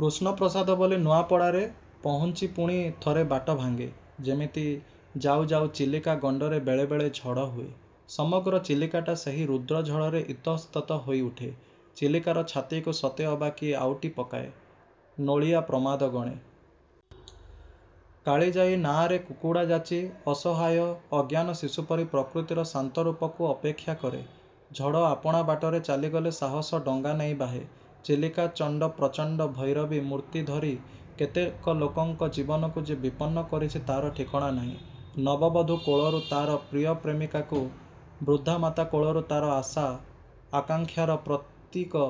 କୃଷ୍ଣପ୍ରସାଦ ବୋଲି ନୂଆପଡ଼ାରେ ପହୁଞ୍ଚି ପୁଣି ଥରେ ବାଟ ଭାଙ୍ଗେ-। ଏମିତି ଯାଉ, ଯାଉ ଚିଲିକା-ଗଣ୍ଡରେ ବେଳେ ବେଳେ ଝଡ଼ ହୁଏ। ସମଗ୍ର ଚିଲିକାଟା ସେହି ରୁଦ୍ର ଝଡ଼ରେ ଇତଃସ୍ତତ ହୋଇଉଠେ। ଚିଲିକାର ଛାତିକୁ ସତେ ଅବା କିଏ ଆଉଟି ପକାଏ-। ନୋଳିଆ ପ୍ରମାଦ ଗଣେ। କାଳିଜାଇ ନାଆଁରେ କୁକୁଡ଼ା ଯାଚି, ଅସହାୟ, ଅଜ୍ଞାନ ଶିଶୁପରି ପ୍ରକୃତିର ଶାନ୍ତରୂପକୁ ଅପେକ୍ଷା କରେ। ଝଡ଼ ଆପଣା ବାଟରେ ଚାଲିଗଲେ ସାହାସ ଡଙ୍ଗା ନେଇ ବାହେ-। ଚିଲିକା ଚଣ୍ଡ ପ୍ରଚଣ୍ଡ-ଭୈରବୀ-ମୂର୍ତ୍ତି ଧରି କେତେ ଲୋକଙ୍କ ଜୀବନକୁ ଯେ ବିପନ୍ନ କରିଛି ତା'ର ଠିକଣା ନାହିଁ। ନବବଧୂ କୋଳରୁ ତା'ର ପ୍ରିୟ ପ୍ରେମିକାକୁ, ବୃଦ୍ଧାମାତା କୋଳରୁ ତା'ର ଆଶା, ଆକାଙ୍କ୍ଷାର ପ୍ରତୀକ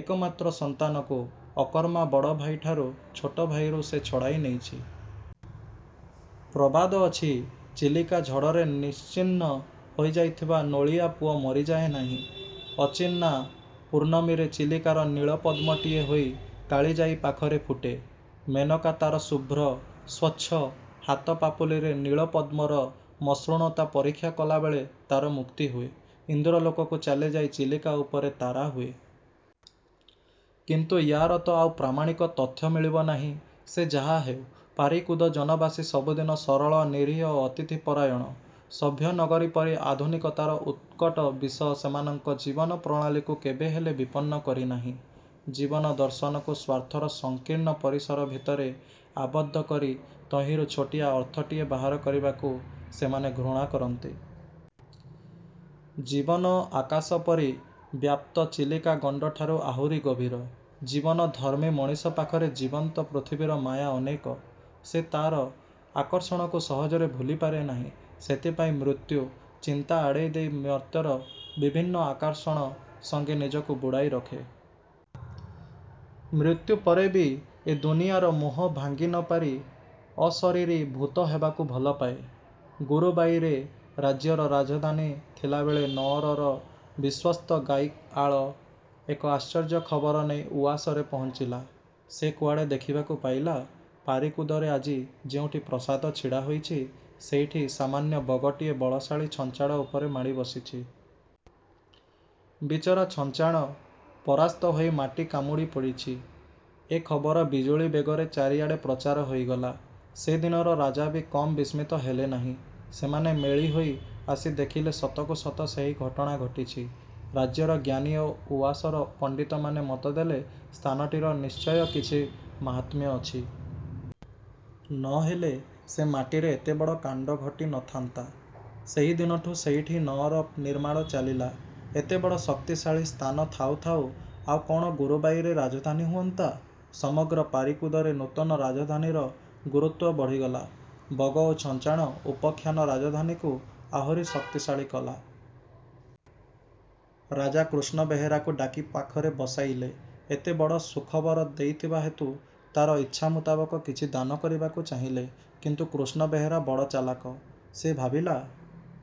ଏକମାତ୍ର ସନ୍ତାନକୁ; ଅକର୍ମା ବଡ଼ ଭାଇଠାରୁ ଛୋଟ ଭାଇକୁ ସେ ଛଡ଼ାଇ ନେଇଛି। ପ୍ରବାଦ ଅଛି, ଚିଲିକା ଝଡ଼ରେ ନିଶ୍ଚିହ୍ନ ହୋଇଯାଇଥିବା ନୋଳିଆ ପୁଅ ମରିଯାଏ ନାହିଁ-। ଅଚିହ୍ନା ପୂର୍ଣ୍ଣମୀରେ ଚିଲିକାର ନୀଳ-ପଦ୍ମଟିଏ ହୋଇ କାଳିଯାଇ ପାଖରେ ଫୁଟେ। ମେନକା ତା'ର ଶୁଭ୍ର, ସ୍ୱଚ୍ଛ ହାତ ପାପୁଲିରେ ନୀଳ-ପଦ୍ମର ମସୃଣତା ପରୀକ୍ଷା କଲାବେଳେ ତାର ମୁକ୍ତି ହୁଏ-। ଇନ୍ଦ୍ରଲୋକକୁ ଚାଲିଯାଇ ଚିଲିକା ଉପରେ ତାରା ହୁଏ;। କିନ୍ତୁ ୟାର ତ ଆଉ ପ୍ରାମାଣିକ ତଥ୍ୟ ମିଳିବ ନାହିଁ! ସେ ଯାହା ହେଉ, ପାରିକୁଦ ଜନବାସୀ ସବୁଦିନ ସରଳ, ନିରୀହ ଓ ଅତିଥି ପରାୟଣ। ସଭ୍ୟ ନଗରୀ ପରି ଆଧୁନିକତାର ଉତ୍କଟ ବିଷ ସେମାନଙ୍କ ଜୀବନ ପ୍ରଣାଳୀକୁ କେବେହେଲେ ବିପନ୍ନ କରି ନାହିଁ। ଜୀବନ-ଦର୍ଶନକୁ ସ୍ୱାର୍ଥର ସଂକୀର୍ଣ୍ଣ ପରିସର ଭିତରେ ଆବଦ୍ଧ କରି ତହିଁରୁ ଛୋଟିଆ ଅର୍ଥଟିଏ ବାହାର କରିବାକୁ ସେମାନେ ଘୃଣା କରନ୍ତି। ଜୀବନ ଆକାଶପରି ବ୍ୟାପ୍ତ ଚିଲିକା ଗଣ୍ଡଠାରୁ ଆହୁରି ଗଭୀର। ଜୀବନ ଧର୍ମୀ ମଣିଷ ପାଖରେ ଜୀବନ୍ତ ପୃଥିବୀର ମାୟା ଅନେକ। ସେ ତା'ର ଆକର୍ଷଣକୁ ସହଜରେ ଭୁଲିପାରେ ନାହିଁ। ସେଥିପାଇଁ ମୃତ୍ୟୁ ଚିନ୍ତା ଆଡ଼େଇ ଦେଇ ମର୍ତ୍ତ୍ୟର ବିଭିନ୍ନ ଆକର୍ଷଣ ସଙ୍ଗେ ନିଜକୁ ବୁଡ଼ାଇ ରଖେ। ମୃତ୍ୟୁପରେ ବି ଏ ଦୁନିଆର ମୋହ ଭାଙ୍ଗି ନ ପାରି ଅଶରିରୀ ଭୂତ ହେବାକୁ ଭଲପାଏ। 'ଗୁରୁବାଇ'ରେ ରାଜ୍ୟର ରାଜଧାନୀ ଥିଲାବେଳେ ନଅରର ବିଶ୍ୱସ୍ତ ଗାଈଆଳ ଏକ ଆଶ୍ଚର୍ଯ୍ୟ ଖବର ନେଇ ଉଆସରେ ପହୁଞ୍ଚିଲା। ସେ କୁଆଡ଼େ ଦେଖିବାକୁ ପାଇଲା, ପାରିକୁଦରେ ଆଜି ଯେଉଁଠି ପ୍ରାସାଦ ଛିଡ଼ା ହୋଇଛି, ସେଇଠି ସାମାନ୍ୟ ବଗଟିଏ ବଳଶାଳୀ ଛଞ୍ଚାଣ ଉପରେ ମାଡ଼ି ବସିଛି। ବିଚରା ଛଞ୍ଚାଣ ପରାସ୍ତ ହୋଇ ମାଟି କାମୁଡ଼ି ପଡ଼ିଛି। ଏ ଖବର ବିଜୁଳୀ ବେଗରେ ଚାରିଆଡ଼େ ପ୍ରଚାର ହୋଇଗଲା। ସେଦିନର ରାଜା ବି କମ୍ ବିସ୍ମିତ ହେଲେ ନାହିଁ। ସେମାନେ ମେଳି ହୋଇ ଆସି ଦେଖିଲେ ସତକୁ ସତ ସେହି ଘଟଣା ଘଟିଛି। ରାଜ୍ୟର ଜ୍ଞାନୀ ଓ ଉଆସର ପଣ୍ଡିତମାନେ ମତଦେଲେ ସ୍ଥାନଟିର ନିଶ୍ଚୟ କିଛି ମାହାତ୍ମ୍ୟ ଅଛି। ନ ହେଲେ ସେ ମାଟିରେ ଏତେବଡ଼ କାଣ୍ଡ ଘଟି ନ ଥାନ୍ତା! ସେହିଦିନଠୁ ସେଇଠି ନଅର ନିର୍ମାଣ ଚାଲିଲା। ଏତେବଡ଼ ଶକ୍ତିଶାଳୀ ସ୍ଥାନ ଥାଉ ଥାଉ ଆଉ କଣ ଗୁରୁବାଇରେ ରାଜଧାନୀ ହୁଅନ୍ତା? ସମଗ୍ର ପାରିକୁଦରେ ନୂତନ ରାଜଧାନୀର ଗୁରୁତ୍ୱ ବଢ଼ିଗଲା। 'ବଗ ଓ ଛଞ୍ଚାଣ' ଉପଖ୍ୟାନ ରାଜଧାନୀକୁ ଆହୁରି ଶକ୍ତିଶାଳୀ କଲା। ରାଜା କୃଷ୍ଣ ବେହେରାକୁ ଡାକି ପାଖରେ ବସାଇଲେ। ଏତେ ବଡ଼ ସୁଖବର ଦେଇଥିବା ହେତୁ ତା'ର ଇଚ୍ଛାମୁତାବକ କିଛି ଦାନ କରିବାକୁ ଚାହିଁଲେ। କିନ୍ତୁ କୃଷ୍ଣ ବେହେରା ବଡ଼ ଚାଲାକ। ସେ ଭାବିଲା,